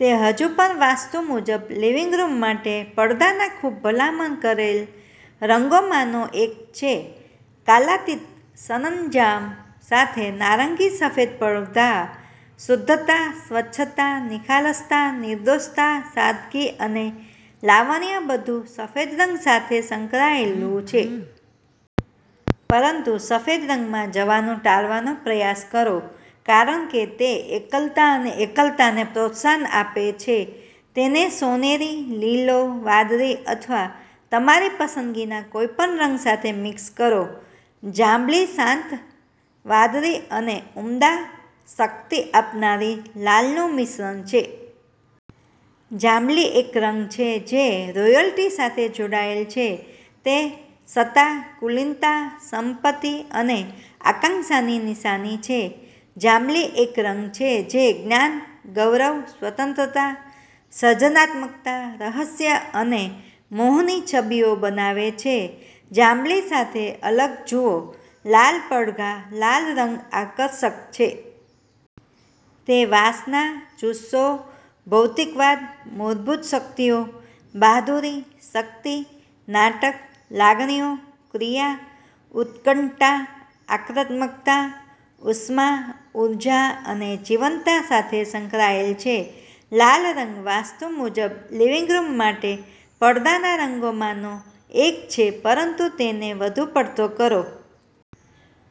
તે હજુ પણ વાસ્તુ મુજબ લિવિંગ રૂમ માટે પડદાના ખૂબ ભલામણ કરેલ રંગોમાંનો એક છે. કાલાતીત સરંજામ સાથે નારંગી સફેદ પડધા શુદ્ધતા, સ્વચ્છતા, નિખાલસતા, નિર્દોષતા, સાદગી અને લાવણ્ય બધું સફેદ રંગ સાથે સંકળાયેલું છે. પરંતુ સફેદ રંગમાં જવાનું ટાળવાનો પ્રયાસ કરો કારણ કે તે એકલતા અને એકલતાને પ્રોત્સાહન આપે છે. તેને સોનેરી, લીલો, વાદળી અથવા તમારી પસંદગીના કોઈપણ રંગ સાથે મિક્સ કરો. જાંબલી શાંત વાદળી અને ઉમદા, શક્તિ આપનારી લાલનું મિશ્રણ છે. જાંબલી એક રંગ છે જે રોયલ્ટી સાથે જોડાયેલ છે. તે સત્તા, કુલીનતા, સંપત્તિ અને આકાંક્ષાની નિશાની છે. જાંબલી એક રંગ છે જે જ્ઞાન, ગૌરવ, સ્વતંત્રતા, સર્જનાત્મકતા, રહસ્ય અને મોહની છબીઓ બનાવે છે. જાંબલી સાથે અલગ જુઓ, લાલ પડધા લાલ રંગ આકર્ષક છે. તે વાસના, જુસ્સો, ભૌતિકવાદ, મૂળભૂત શક્તિઓ, બહાદુરી, શક્તિ, નાટક, લાગણીઓ, ક્રિયા, ઉત્કટતા, આક્રમકતા, ઉષ્મા, ઉર્જા અને જીવંતતા સાથે સંકળાયેલ છે. લાલ રંગ વાસ્તુ મુજબ લિવિંગ રૂમ માટે પડદાના રંગોમાંનો એક છે પરંતુ તેને વધુ પડતો કરો.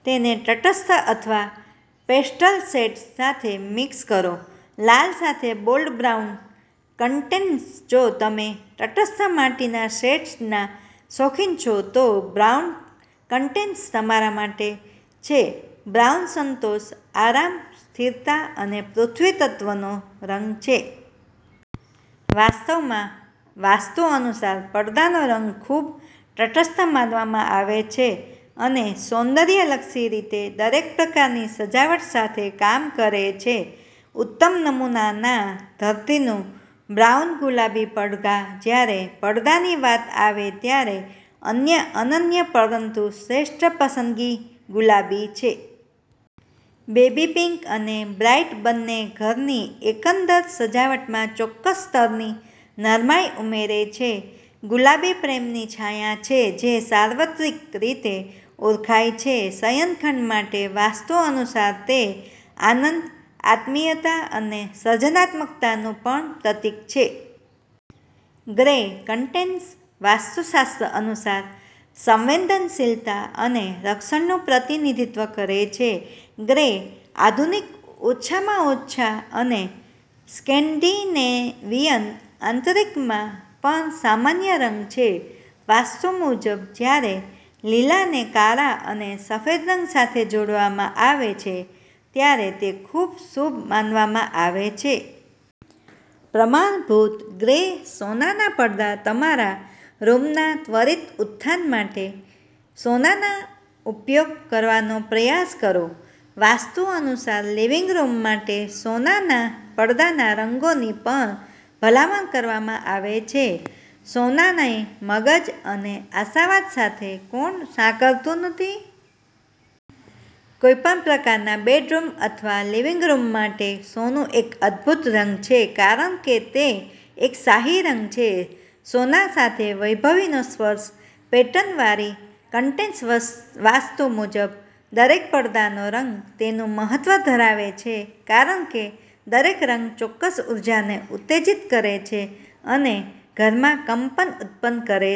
તેને તટસ્થ અથવા પેસ્ટલ શેડ્સ સાથે મિક્સ કરો. લાલ સાથે બોલ્ડ બ્રાઉન કર્ટેન્સ જો તમે તટસ્થ માટીના શેડ્સના શોખીન છો, તો બ્રાઉન કર્ટેન્સ તમારા માટે છે. બ્રાઉન સંતોષ, આરામ, સ્થિરતા અને પૃથ્વી તત્વનો રંગ છે. વાસ્તવમાં, વાસ્તુ અનુસાર પડદાનો રંગ ખૂબ તટસ્થ માનવામાં આવે છે અને સૌંદર્યલક્ષી રીતે દરેક પ્રકારની સજાવટ સાથે કામ કરે છે. ઉત્તમ નમૂનાના ધરતીનું બ્રાઉન ગુલાબી પડધા જ્યારે પડદાની વાત આવે ત્યારે અન્ય અનન્ય પરંતુ શ્રેષ્ઠ પસંદગી ગુલાબી છે. બેબી પિંક અને બ્રાઈટ બંને ઘરની એકંદર સજાવટમાં ચોક્કસ સ્તરની નરમાઈ ઉમેરે છે. ગુલાબી પ્રેમની છાયા છે જે સાર્વત્રિક રીતે ઓળખાય છે. શયનખંડ માટે વાસ્તુ અનુસાર તે આનંદ, આત્મીયતા અને સર્જનાત્મકતાનું પણ પ્રતીક છે. ગ્રે કર્ટેન્સ વાસ્તુશાસ્ત્ર અનુસાર સંવેદનશીલતા અને રક્ષણનું પ્રતિનિધિત્વ કરે છે. ગ્રે આધુનિક, ઓછામાં ઓછા અને સ્કેન્ડિનેવિયન આંતરિકમાં પણ સામાન્ય રંગ છે. વાસ્તુ મુજબ, જ્યારે લીલાને કાળા અને સફેદ રંગ સાથે જોડવામાં આવે છે, ત્યારે તે ખૂબ શુભ માનવામાં આવે છે. પ્રમાણભૂત ગ્રે સોનાના પડદા તમારા રૂમના ત્વરિત ઉત્થાન માટે, સોનાનો ઉપયોગ કરવાનો પ્રયાસ કરો. વાસ્તુ અનુસાર લિવિંગ રૂમ માટે સોનાના પડદાના રંગોની પણ ભલામણ કરવામાં આવે છે. સોનાને મગજ અને આશાવાદ સાથે કોણ સાંકળતું નથી? કોઈપણ પ્રકારના બેડરૂમ અથવા લિવિંગ રૂમ માટે સોનું એક અદ્ભુત રંગ છે કારણ કે તે એક શાહી રંગ છે. સોના સાથે વૈભવીનો સ્પર્શ પેટર્ન વાળી કર્ટેન્સ વાસ્તુ મુજબ દરેક પડદાનો રંગ તેનું મહત્વ ધરાવે છે કારણ કે દરેક રંગ ચોક્કસ ઊર્જાને ઉત્તેજીત કરે છે અને ઘરમાં કંપન ઉત્પન્ન કરે.